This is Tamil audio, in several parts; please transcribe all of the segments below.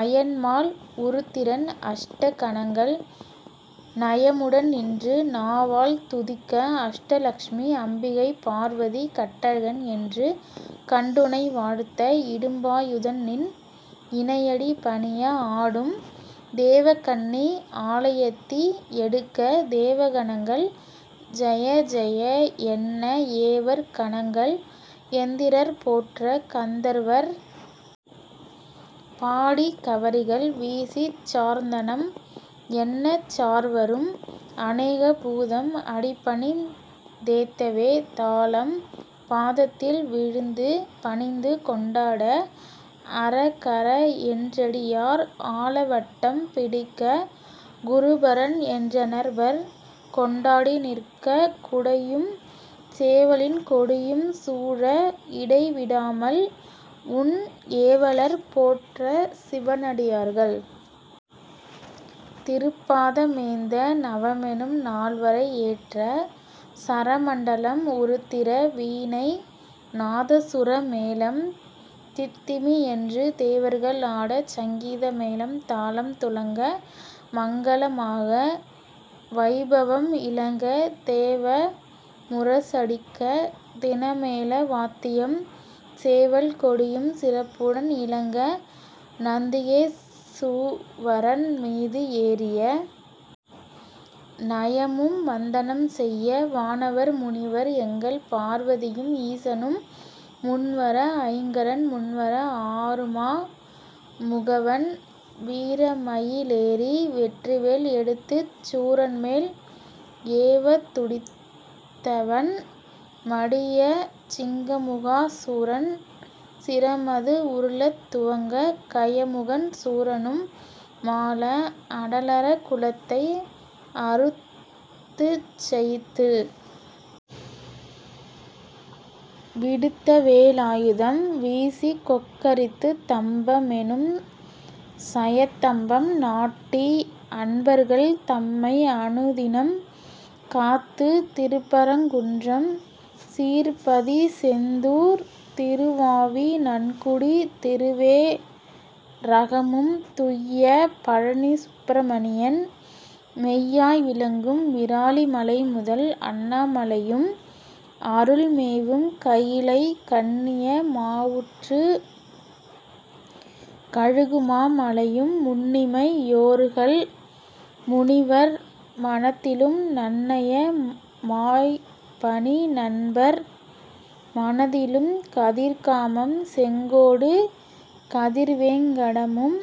அயன்மால் உருத்திரன் அஷ்ட கணங்கள் நயமுடன் நின்று நாவால் துதிக்க அஷ்ட லஷ்மி அம்பிகை பார்வதி கட்டழகன் என்று கண்டுனை வாழ்த்த இடும்பா யுதன்நின் இணையடி பணிய ஆடும் தேவகன்னி ஆலயத்தி எடுக்க தேவ கணங்கள் ஜெயஜெய என்ன ஏவற் கணங்கள் இந்திரர் போற்ற கந்தர்வர் பாடிக் கவரிகள் வீசிச் சார்ந்தனம் என்னச் சார்வரும் அநேக பூதம் அடிபணிந் தேத்தவே தாளம் பாதத்தில் வீழ்ந்து பணிந்து கொண்டாட அரகர என்றடியார் ஆலவட்டம் பிடிக்க குருபரன் என்றன்பர் கொண்டாடி நிற்க குடையும் சேவலின் கொடியும் சூழ இடை விடாமல் உன் ஏவலர் போற்றச் சிவனடியார்கள் திருப்பாத மேந்த நவமெனும் நால்வரை ஏற்ற சரமண்டலம் உருத்திர வீணை நாதசுர மேளம் தித்திமி என்று தேவர்கள் ஆடச் சங்கீத மேளம் தாளம் துலங்க மங்கள மாக வைபவம் இலங்க தேவ முரசடிக்கத் தினமேள வாத்தியம் சேவல் கொடியும் சிறப்புடன் இலங்க நந்திகே சுவரன்மீது ஏறிய நயமும் வந்தனம் செய்ய வானவர் முனிவர் எங்கள் பார்வதியும் ஈசனும் முன்வர ஐங்கரன் முன்வர ஆறுமா முகவன் வீரமயி லேறி வெற்றிவேல் எடுத்துச் சூரன்மேல் ஏவத் துடித்தவன் மடியச் சிங்கமுகா சுரன் சிரமது உருளத் துங்கக் கயமுகன் சூரனும் மாள அடலறக் குலத்தை அறுத்துச் சயித்து விடுத்தவே லாயுதம் வீசிக்கொக் கரித்துத் தம்ப மெனும் சயத் தம்பம் நாட்டி அன்பர்கள் தம்மை அனுதினம் காத்துத் திருப்பரங் குன்றம் சீர்பதி செந்தூர் திருவாவி நன்குடி திருவே ரகமும் துய்ய பழநி சுப்பிர மணியன் மெய்யாய் விளங்கும் விராலிமலைமுதல் அண்ணா மலையும் அருள்மேவும் கயிலை கண்ணிய மாவூற்றுக் கழுகுமா மலையும் முன்னிமை யோர்கள் முனிவர் மனத்திலும் நன்னய மாய்ப்பணி நண்பர் மனதிலும் கதிர்காமம் செங்கோடு கதிர்வேங் கடமும்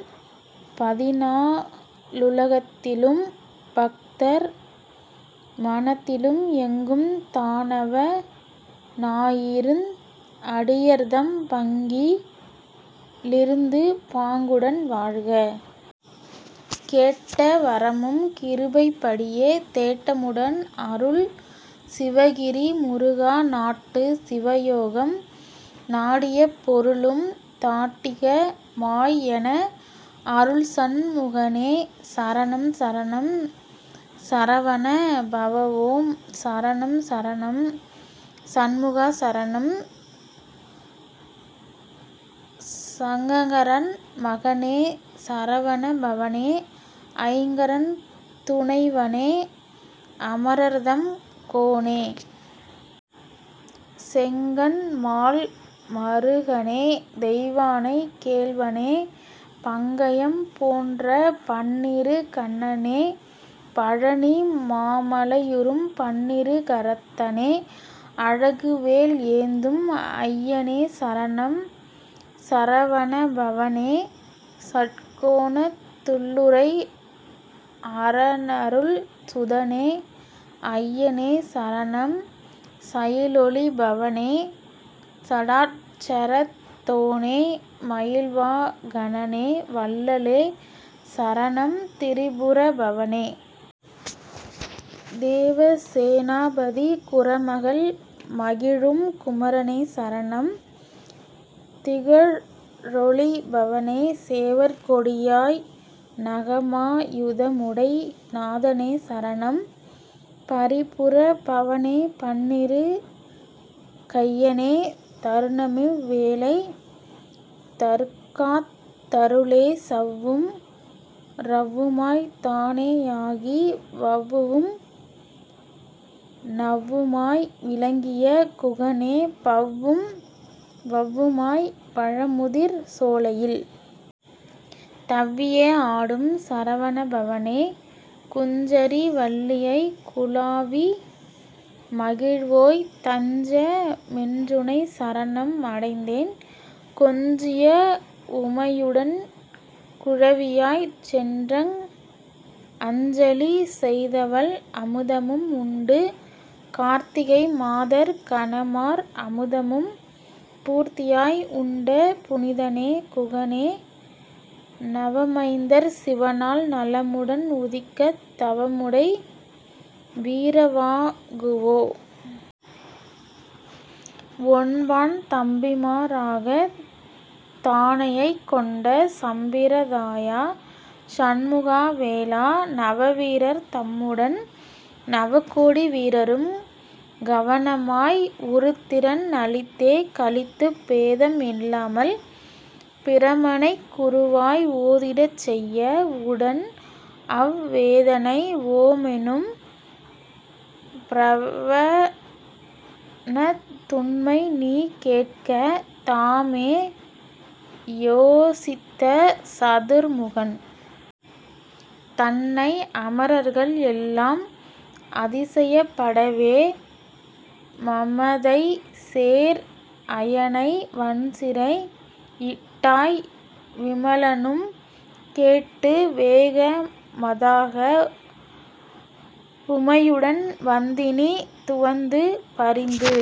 பதினா லுகத்திலும் பக்தர் மனத்திலும் எங்கும் தானவ னாயிருந் அடியர்தம் பங்கி லிருந்து பாங்குடன் வாழ்க! கேட்ட வரமும் கிருபைப் படியே தேட்ட முடன் அருள் சிவகிரி முருகா நாட்டு சிவயோகம் நாடிய பொருளும் தாட்டிக மாய்எனக் அருள்சண் முகனே சரணம் சரணம் சரவண பவஓம் சரணம் சரணம் சண்முகா சரணம் சஙகரன் மகனே சரவண பவனே ஐங்கரன் துணைவனே அமரர்தம் கோனே செங்கண்மால் மருகனே தெய்வானை கேள்வனே பங்கயம் போன்ற பன்னிரு கண்ணனே பழநி மாமலையுறும் பன்னிரு கரத்தனே அழகுவேல் ஏந்தும் ஐயனே சரணம் சரவணபவனே சட்கோணத் துள்ளுறை அரனருள் சுதனே அய்யனே சரணம் சயிலொளி பவனே சடாட்சரத் தோனே மயில்வா கனனே வள்ளலே சரணம் திரிபுர பவனே தேவசே னாபதி குறமகள் மகிழும் குமரனே சரணம் திகழொளி பவனே சேவற்கொடியாய் நகமா யுதமுடை நாதனே சரணம் பரிபுர பவனே பன்னிரு கையனே தருணமிவ் வேளை தற்காத் தருளே சவ்வும் ரவ்வுமாய்த் தானே யாகி வவ்வும் ணவ்வுமாய் விளங்கிய குகனே பவ்வும் வவ்வுமாய் பழமுதிர் சோலையில் தவ்வியே ஆடும் சரவணபவனே குஞ்சரி வள்ளியைக் குலாவி மகிழ்வோய் தஞ்ச மென்றுன்னைச் சரணம் அடைந்தேன் கொஞ்சிய உமையுடன் குழவியாய்ச் சென்றங் அஞ்சலி செய்தவள் அமுதமும் உண்டு கார்த்திகை மாதர் கனமார் அமுதமும் பூர்த்தியாய் உண்ட புனிதனே குகனே நவமைந்தர் சிவனால் நலமுடன் உதிக்கத் தவமுடை வீரவாகுவோ ஒன்பான் தம்பிமா ராகத் தானையைக் கொண்ட சம்பிர தாயா சண்முகா வேலா நவவீரர் தம்முடன் நவகோடி வீரரும் கவனமாய் உருத்திரன் அளித்தே களித்துப் பேதம் இல்லாமல் பிரமனைக் குருவாய் ஓதிடச் செய்ய உடன் அவ் வேதனை ஓமெனும் பிரவணத் துண்மைநீ கேட்க தாமே யோசித்த சதுர்முகன் தன்னை அமரர்கள் எல்லாம் அதிசயப் படவே மமதைசேர் அயனை வன்சிறை யிட்டாய் விமலனும் கேட்டு வேக மதாக உமையுடன் வந்தினி துவந்து பரிந்து